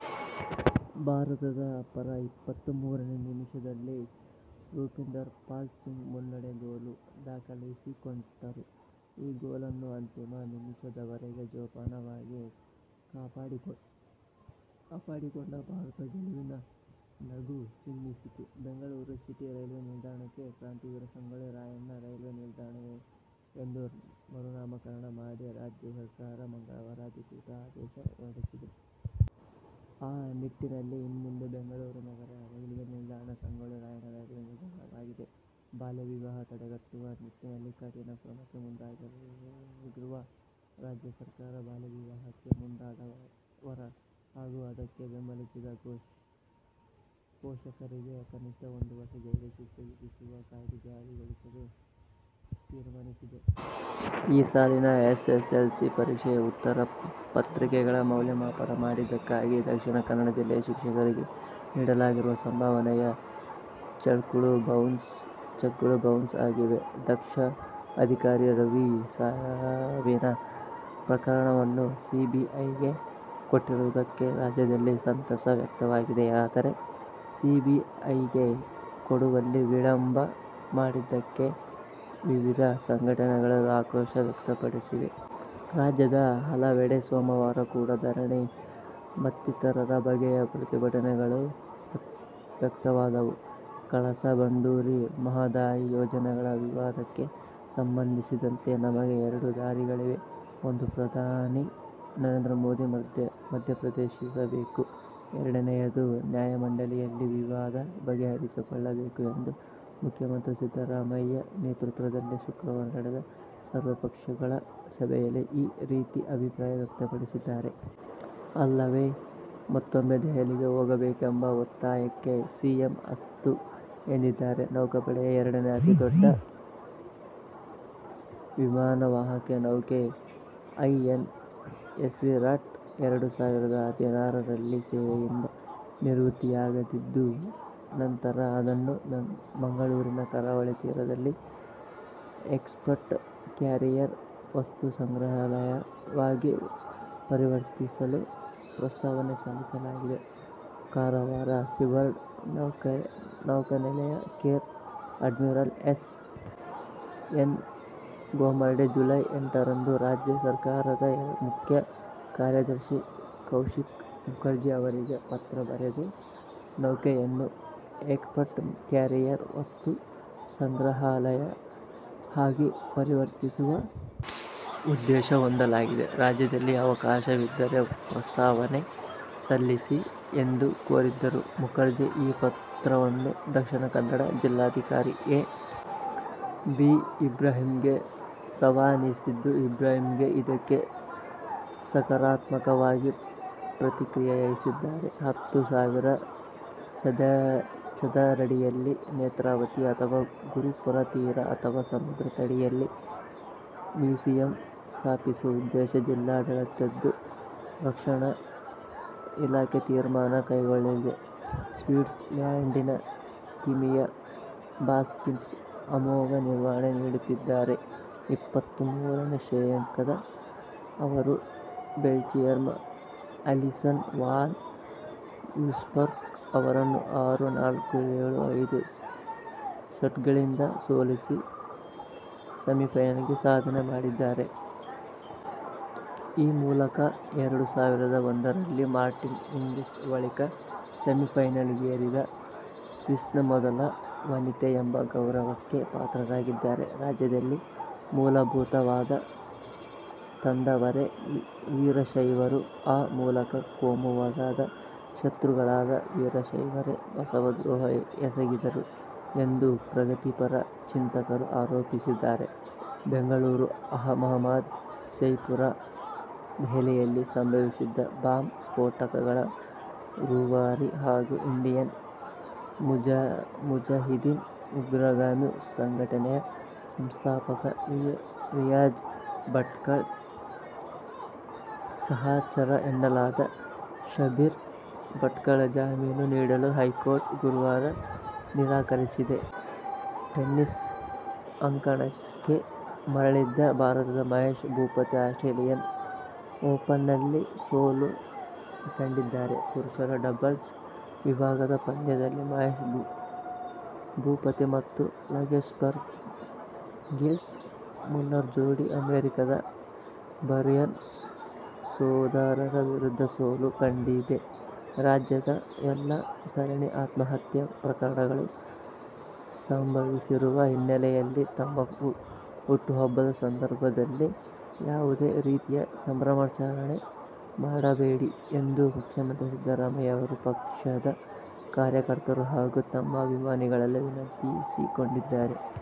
ಭಾರತದ ಪರ ಇಪ್ಪತ್ತಮೂರನೇ ನಿಮಿಷದಲ್ಲಿ ರೂಪಿಂದರ್ ಪಾಲ್ ಸಿಂಗ್ ಮುನ್ನಡೆ ಗೋಲು ದಾಖಲಿಸಿಕೊಟ್ಟರು. ಈ ಗೋಲನ್ನು ಅಂತಿಮ ನಿಮಿಷದವರೆಗೆ ಜೋಪಾನವಾಗಿ ಕಾಪಾಡಿಕೊಂಡ ಭಾರತ ಗೆಲುವಿನ ನಗು ಚಿಮ್ಮಿಸಿತು. ಬೆಂಗಳೂರು ಸಿಟಿ ರೈಲ್ವೆ ನಿಲ್ದಾಣಕ್ಕೆ ಕ್ರಾಂತಿವೀರ ಸಂಗೊಳ್ಳಿ ರಾಯಣ್ಣ ರೈಲ್ವೆ ನಿಲ್ದಾಣ ಎಂದು ಮರುನಾಮಕರಣ ಮಾಡಿ ರಾಜ್ಯ ಸರ್ಕಾರ ಮಂಗಳವಾರ ಅಧಿಕೃತ ಆದೇಶ ಹೊರಡಿಸಿದೆ. ಆ ನಿಟ್ಟಿನಲ್ಲಿ ಇನ್ಮುಂದೆ ಬೆಂಗಳೂರು ನಗರ ರೈಲ್ವೆ ನಿಲ್ದಾಣ ಸಂಗೊಳ್ಳಿ ರಾಯಣ್ಣ ರೈಲ್ವೆ ನಿಲ್ದಾಣವಾಗಲಿದೆ. ಬಾಲ್ಯ ವಿವಾಹ ತಡೆಗಟ್ಟುವ ನಿಟ್ಟಿನಲ್ಲಿ ಕಠಿಣ ಕ್ರಮಕ್ಕೆ ಮುಂದಾಗಿರುವ ರಾಜ್ಯ ಸರ್ಕಾರ, ಬಾಲ್ಯವಿವಾಹಕ್ಕೆ ಮುಂದಾದ ವರ ಹಾಗೂ ಅದಕ್ಕೆ ಬೆಂಬಲಿಸಿದ ಪೋಷಕರಿಗೆ ಕನಿಷ್ಠ ಒಂದು ವರ್ಷ ಜೈಲು ಶಿಕ್ಷೆ ವಿಧಿಸುವ ಕಾಯ್ದೆ ಜಾರಿಗೊಳಿಸಲು ತೀರ್ಮಾನಿಸಿದೆ. ಈ ಸಾಲಿನ ಎಸ್ಎಸ್ಎಲ್ಸಿ ಪರೀಕ್ಷೆಯ ಉತ್ತರ ಪತ್ರಿಕೆಗಳ ಮೌಲ್ಯಮಾಪನ ಮಾಡಿದ್ದಕ್ಕಾಗಿ ದಕ್ಷಿಣ ಕನ್ನಡ ಜಿಲ್ಲೆಯ ಶಿಕ್ಷಕರಿಗೆ ನೀಡಲಾಗಿರುವ ಸಂಭಾವನೆಯ ಚೆಕ್ಗಳು ಬೌನ್ಸ್ ಆಗಿವೆ. ದಕ್ಷ ಅಧಿಕಾರಿ ರವಿ ಸಾವಿನ ಪ್ರಕರಣವನ್ನು ಸಿಬಿಐಗೆ ಕೊಟ್ಟಿರುವುದಕ್ಕೆ ರಾಜ್ಯದಲ್ಲಿ ಸಂತಸ ವ್ಯಕ್ತವಾಗಿದೆ. ಆದರೆ ಸಿಬಿಐಗೆ ಕೊಡುವಲ್ಲಿ ವಿಳಂಬ ಮಾಡಿದ್ದಕ್ಕೆ ವಿವಿಧ ಸಂಘಟನೆಗಳು ಆಕ್ರೋಶ ವ್ಯಕ್ತಪಡಿಸಿವೆ. ರಾಜ್ಯದ ಹಲವೆಡೆ ಸೋಮವಾರ ಕೂಡ ಧರಣಿ ಮತ್ತಿತರರ ಬಗೆಯ ಪ್ರತಿಭಟನೆಗಳು ವ್ಯಕ್ತವಾದವು. ಕಳಸಾ ಬಂಡೂರಿ ಮಹದಾಯಿ ಯೋಜನೆಗಳ ವಿವಾದಕ್ಕೆ ಸಂಬಂಧಿಸಿದಂತೆ ನಮಗೆ ಎರಡು ದಾರಿಗಳಿವೆ. ಒಂದು ಪ್ರಧಾನಿ ನರೇಂದ್ರ ಮೋದಿ ಮಧ್ಯಪ್ರವೇಶಿಸಬೇಕು, ಎರಡನೇಯದು ನ್ಯಾಯಮಂಡಳಿಯಲ್ಲಿ ವಿವಾದ ಬಗೆಹರಿಸಿಕೊಳ್ಳಬೇಕು ಎಂದು ಮುಖ್ಯಮಂತ್ರಿ ಸಿದ್ದರಾಮಯ್ಯ ನೇತೃತ್ವದಲ್ಲಿ ಶುಕ್ರವಾರ ನಡೆದ ಸರ್ವಪಕ್ಷಗಳ ಸಭೆಯಲ್ಲಿ ಈ ರೀತಿ ಅಭಿಪ್ರಾಯ ವ್ಯಕ್ತಪಡಿಸಿದ್ದಾರೆ. ಅಲ್ಲದೇ ಮತ್ತೊಮ್ಮೆ ದೆಹಲಿಗೆ ಹೋಗಬೇಕೆಂಬ ಒತ್ತಾಯಕ್ಕೆ ಸಿಎಂ ಅಸ್ತು ಎಂದಿದ್ದಾರೆ. ನೌಕಾಪಡೆಯ ಎರಡನೇ ಅತಿದೊಡ್ಡ ವಿಮಾನವಾಹಕ ನೌಕೆ "ಐಎನ್ಎಸ್ವಿರಾಟ್' ಎರಡು ಸಾವಿರದ ಹದಿನಾರರಲ್ಲಿ ಸೇವೆಯಿಂದ ನಿವೃತ್ತಿಯಾಗಲಿದ್ದು, ನಂತರ ಅದನ್ನು ಮಂಗಳೂರಿನ ಕರಾವಳಿ ತೀರದಲ್ಲಿ "ಏರ್ಕ್ರಾಪ್ಟ್ ಕ್ಯಾರಿಯರ್ ವಸ್ತು ಸಂಗ್ರಹಾಲಯ' ವಾಗಿ ಪರಿವರ್ತಿಸಲು ಪ್ರಸ್ತಾವನೆ ಸಲ್ಲಿಸಲಾಗಿದೆ. ಕಾರವಾರ ಸೀಬರ್ಡ್ ನೌಕಾನೆಲೆಯ rear admiral S. N. Ghormade July ಎಂಟರಂದು ರಾಜ್ಯ ಸರಕಾರದ ಮುಖ್ಯ ಕಾರ್ಯದರ್ಶಿ ಕೌಶಿಕ್ ಮುಖರ್ಜಿ ಅವರಿಗೆ ಪತ್ರ ಬರೆದು, ನೌಕೆಯನ್ನು "ಏರ್ಕ್ರಾಪ್ಟ್ ಕ್ಯಾರಿಯರ್ ವಸ್ತು ಸಂಗ್ರಹಾಲಯ' ಆಗಿ ಪರಿವರ್ತಿಸುವ ಉದ್ದೇಶ ಹೊಂದಲಾಗಿದೆ. ರಾಜ್ಯದಲ್ಲಿ ಅವಕಾಶವಿದ್ದರೆ ಪ್ರಸ್ತಾವನೆ ಸಲ್ಲಿಸಿ ಎಂದು ಕೋರಿದ್ದರು. ಮುಖರ್ಜಿ ಈ ಪತ್ರವನ್ನು ದಕ್ಷಿಣ ಕನ್ನಡ ಜಿಲ್ಲಾಧಿಕಾರಿ ಎ. ಬಿ. ಇಬ್ರಾಹಿಂಗೆ ರವಾನಿಸಿದ್ದು, ಇಬ್ರಾಹಿಂ ಇದಕ್ಕೆ ಸಕಾರಾತ್ಮಕವಾಗಿ ಪ್ರತಿಕ್ರಿಯಿಸಿದ್ದಾರೆ. ಹತ್ತು ಸಾವಿರ ಚದರಡಿಯಲ್ಲಿ ನೇತ್ರಾವತಿ ಅಥವಾ ಗುರುಪುರ ತೀರ ಅಥವಾ ಸಮುದ್ರ ತಡಿಯಲ್ಲಿ ಮ್ಯೂಸಿಯಂ ಸ್ಥಾಪಿಸುವ ಉದ್ದೇಶ ಜಿಲ್ಲಾಡಳಿತದ್ದು. ರಕ್ಷಣಾ ಇಲಾಖೆ ತೀರ್ಮಾನ ಕೈಗೊಳ್ಳಲಿದೆ. ಸ್ವಿಟ್ಸರ್ಲ್ಯಾಂಡಿನ ತಿಮಿಯಾ ಬಾಸಿನ್ಸ್ಕಿ ಅಮೋಘ ನಿರ್ವಹಣೆ ನೀಡುತ್ತಿದ್ದಾರೆ. ಇಪ್ಪತ್ತಮೂರನೇ ಶ್ರೇಯಾಂಕದ ಅವರು ಬೆಲ್ಜಿಯಂನ ಅಲಿಸನ್ ವಾನ್ ಯೂಸ್ಟಂಕ್ ಅವರನ್ನು ಆರು-ನಾಲ್ಕು, ಏಳು-ಐದು ಸೆಟ್ಗಳಿಂದ ಸೋಲಿಸಿ ಸೆಮಿಫೈನಲಿಗೇರಿದ ಸಾಧನೆ ಮಾಡಿದ್ದಾರೆ. ಈ ಮೂಲಕ ಎರಡು ಸಾವಿರದ ಒಂದರಲ್ಲಿ ಮಾರ್ಟಿನಾ ಹಿಂಗಿಸ್ ಬಳಿಕ ಸೆಮಿಫೈನಲಿಗೇರಿದ ಸ್ವಿಸ್ನ ಮೊದಲ ವನಿತೆ ಎಂಬ ಗೌರವಕ್ಕೆ ಪಾತ್ರರಾಗಿದ್ದಾರೆ. ರಾಜ್ಯದಲ್ಲಿ ಮೂಲಭೂತವಾದ ತಂದವರೇ ವೀರಶೈವರು. ಆ ಮೂಲಕ ಕೋಮುವಾದದ ಶತ್ರುಗಳಾದ ವೀರಶೈವರೇ ಬಸವ ದ್ರೋಹ ಎಸಗಿದರು ಎಂದು ಪ್ರಗತಿಪರ ಚಿಂತಕರು ಆರೋಪಿಸಿದ್ದಾರೆ. ಬೆಂಗಳೂರು, ಅಹಮದಾಬಾದ್, ಜೈಪುರ, ದೆಹಲಿಯಲ್ಲಿ ಸಂಭವಿಸಿದ್ದ ಬಾಂಬ್ ಸ್ಫೋಟಗಳ ರೂವಾರಿ ಹಾಗೂ ಇಂಡಿಯನ್ ಮುಜಾಹಿದೀನ್ ಉಗ್ರಗಾಮಿ ಸಂಘಟನೆಯ ಸಂಸ್ಥಾಪಕ ರಿಯಾಜ್ ಭಟ್ಕಳ್ ಸಹಚರ ಎನ್ನಲಾದ ಶಬ್ಬೀರ್ ಭಟ್ಕಳ್ಗೆಜಾಮೀನು ನೀಡಲು ಹೈಕೋರ್ಟ್ ಗುರುವಾರ ನಿರಾಕರಿಸಿದೆ. ಟೆನಿಸ್ ಅಂಕಣಕ್ಕೆ ಮರಳಿದ್ದ ಭಾರತದ ಮಹೇಶ್ ಭೂಪತಿ ಆಸ್ಟ್ರೇಲಿಯನ್ ಓಪನ್ನಲ್ಲಿ ಸೋಲು ಕಂಡಿದ್ದಾರೆ. ಪುರುಷರ ಡಬಲ್ಸ್ ವಿಭಾಗದ ಪಂದ್ಯದಲ್ಲಿ ಮಹೇಶ್ ಭೂಪತಿ ಮತ್ತು ಲಕ್ಸೆಂಬರ್ಗ್ನ ಗಿಲ್ಸ್ ಮುಲ್ಲರ್ ಜೋಡಿ ಅಮೆರಿಕದ ಬ್ರಯಾನ್ ಸೋದರರ ವಿರುದ್ಧ ಸೋಲು ಕಂಡಿದೆ. ರಾಜ್ಯದಲ್ಲಿ ರೈತರ ಸರಣಿ ಆತ್ಮಹತ್ಯೆ ಪ್ರಕರಣಗಳು ಸಂಭವಿಸಿರುವ ಹಿನ್ನೆಲೆಯಲ್ಲಿ ತಮ್ಮ ಹುಟ್ಟುಹಬ್ಬದ ಸಂದರ್ಭದಲ್ಲಿ ಯಾವುದೇ ರೀತಿಯ ಸಂಭ್ರಮಾಚರಣೆ ಮಾಡಬೇಡಿ ಎಂದು ಮುಖ್ಯಮಂತ್ರಿ ಸಿದ್ದರಾಮಯ್ಯ ಅವರು ಪಕ್ಷದ ಕಾರ್ಯಕರ್ತರು ಹಾಗೂ ತಮ್ಮ ಅಭಿಮಾನಿಗಳಲ್ಲಿ ವಿನಂತಿಸಿಕೊಂಡಿದ್ದಾರೆ.